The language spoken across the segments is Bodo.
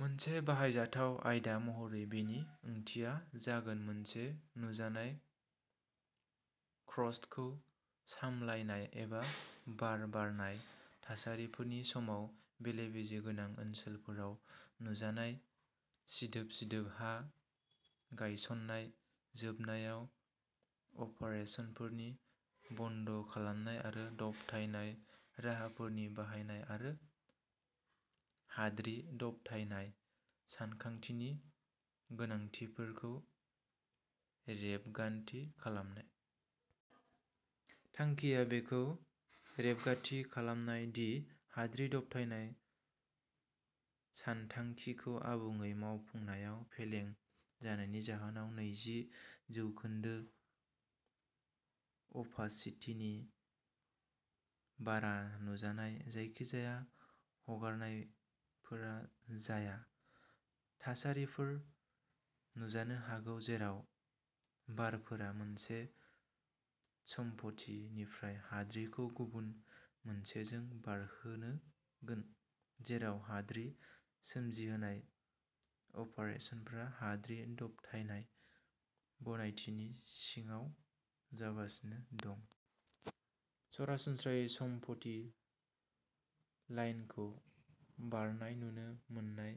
मोनसे बाहायजाथाव आयदा महरै बेनि ओंथिया जागोन मोनसे नुजानाय क्रस्टखौ सामलायनाय एबा बार बारनाय थासारिफोरनि समाव बेले-बेजे गोनां ओनसोलफोराव नुजानाय सिदोब-सिदोब हा गायसन्नाय। जोबनायाव अपारेसनफोरनि बन्द' खालामनाय आरो दबथायनाय राहाफोरनि बाहायनाय आरो हाद्रि दबथायनाय सानखान्थिनि गोनांथिफोरखौ रेबगान्थि खालामनाय। थांखिया बेखौ रेबगान्थि खालामनाय दि हाद्रि दबथायनाय सानथांखिखौ आबुङै मावफुंनायाव फेलें जानायनि जाहोनाव नैजि जौखोन्दो अपासिटिनि बारा नुजानाय जायखिजाया हगारनायफोरा जाया। थासारिफोर नुजानो हागौ जेराव बारफोरा मोनसे सम्पथिनिफ्राय हाद्रिखौ गुबुन मोनसेजों बारहोनोगोन जेराव हाद्रि सोमजिहोनाय अपारेसनफ्रा हाद्रि दबथायनाय गनायथिनि सिङाव जागासिनो दं। सरासनस्रायै सम्पथि लाइनखौ बारनाय नुनो मोननाय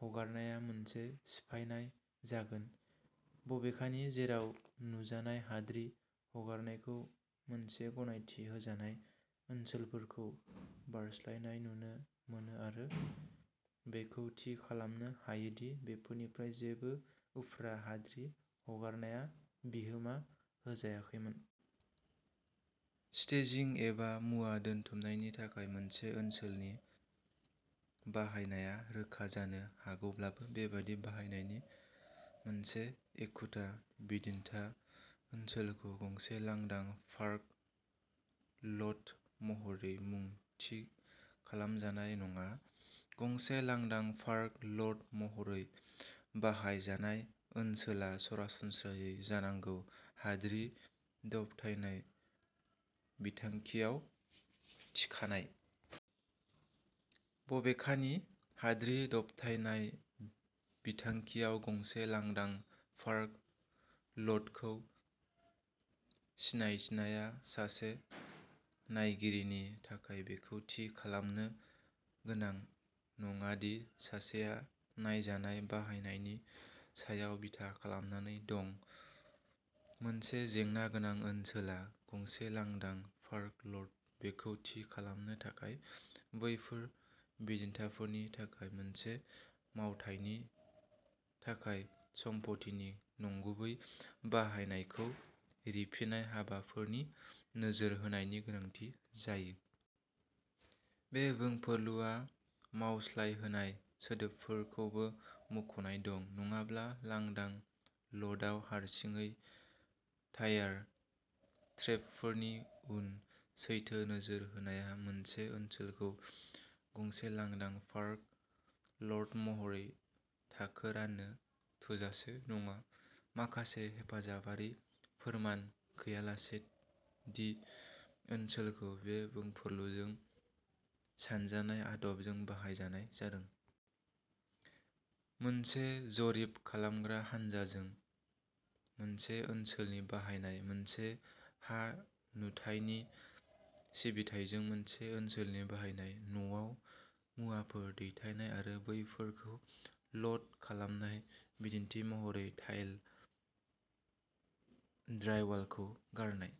हगारनाया मोनसे सिफायनाय जागोन। बबेखानि जेराव नुजानाय हाद्रि हगारनायखौ मोनसे गनायथि होजानाय ओनसोलखौ बारस्लायनाय नुनो मोनो आरो बेखौ थि खालामनो हायो दि बेनिफ्राय जेबो उफ्रा हाद्रि हगारनाया बिहोमा होजायाखैमोन। स्टेजिं एबा मुवा दोनथुमनायनि थाखाय मोनसे ओनसोलनि बाहायनाया रोखा जानो हागौब्लाबो बेबादि बाहायनायनि मोनसे एखुथा बिदिन्थिआ ओनसोलखौ गंसे लांदां पार्क ल'ट महरै मुं थि खालाम जानाय नङा। गंसे लांदां पार्क ल'ट महरै बाहायजानाय ओनसोला सरासनस्रायै जानांगौ हाद्रि दबथायनाय बिथांखियाव थिखानाय। बबेखानि हाद्रि दबथायनाय बिथांखियाव गंसे लांदां पार्क ल'टखौ सिनायथिनाया सासे नायगिरिनि थाखाय बेखौ थि खालामनो गोनां नङा दि सासेआ नायजानाय बाहायनायनि सायाव बिथा खालामनानै दं। मोनसे जेंना गोनां ओनसोला गंसे लांदां पार्क ल'ट बेखौ थि खालामनो थाखाय बैफोर बिदिन्थाफोरनि थाखाय मोनसे मावथायनि थाखाय सम्प'थिनि नंगुबै बाहायनायखौ रिफिनाय हाबाफोरनि नोजोर होनायनि गोनांथि जायो। बे बुंफोरलुआव "मावस्लायहोनाय" सोदोबखौबो मुख'नाय दं। नङाब्ला लांदां ल'टआव हारसिङै टायार ट्रेकफोरनि उन सैथो नोजोर होनाया मोनसे ओनसोलखौ गंसे लांदां पार्क ल'ट महरै थाखो राननो थोजासे नङा माखासे हेफाजाबारि फोरमान गैयालासे दि ओनसोलखौ बे बुंफुरलुजों सानजानाय आदबजों बाहायनाय जादों। मोनसे जरिब खालामग्रा हान्जाजों मोनसे ओनसोलनि बाहायनाय। मोनसे हा-नुथायनि सिबिथाइजों मोनसे ओनसोलनि बाहायनाय। न'आव मुवाफोर दैथायनाय आरो बेफोरखौ ल'ड खालामनाय बिदिन्थि महरै टाइल, ड्राइवालखौ गारनाय।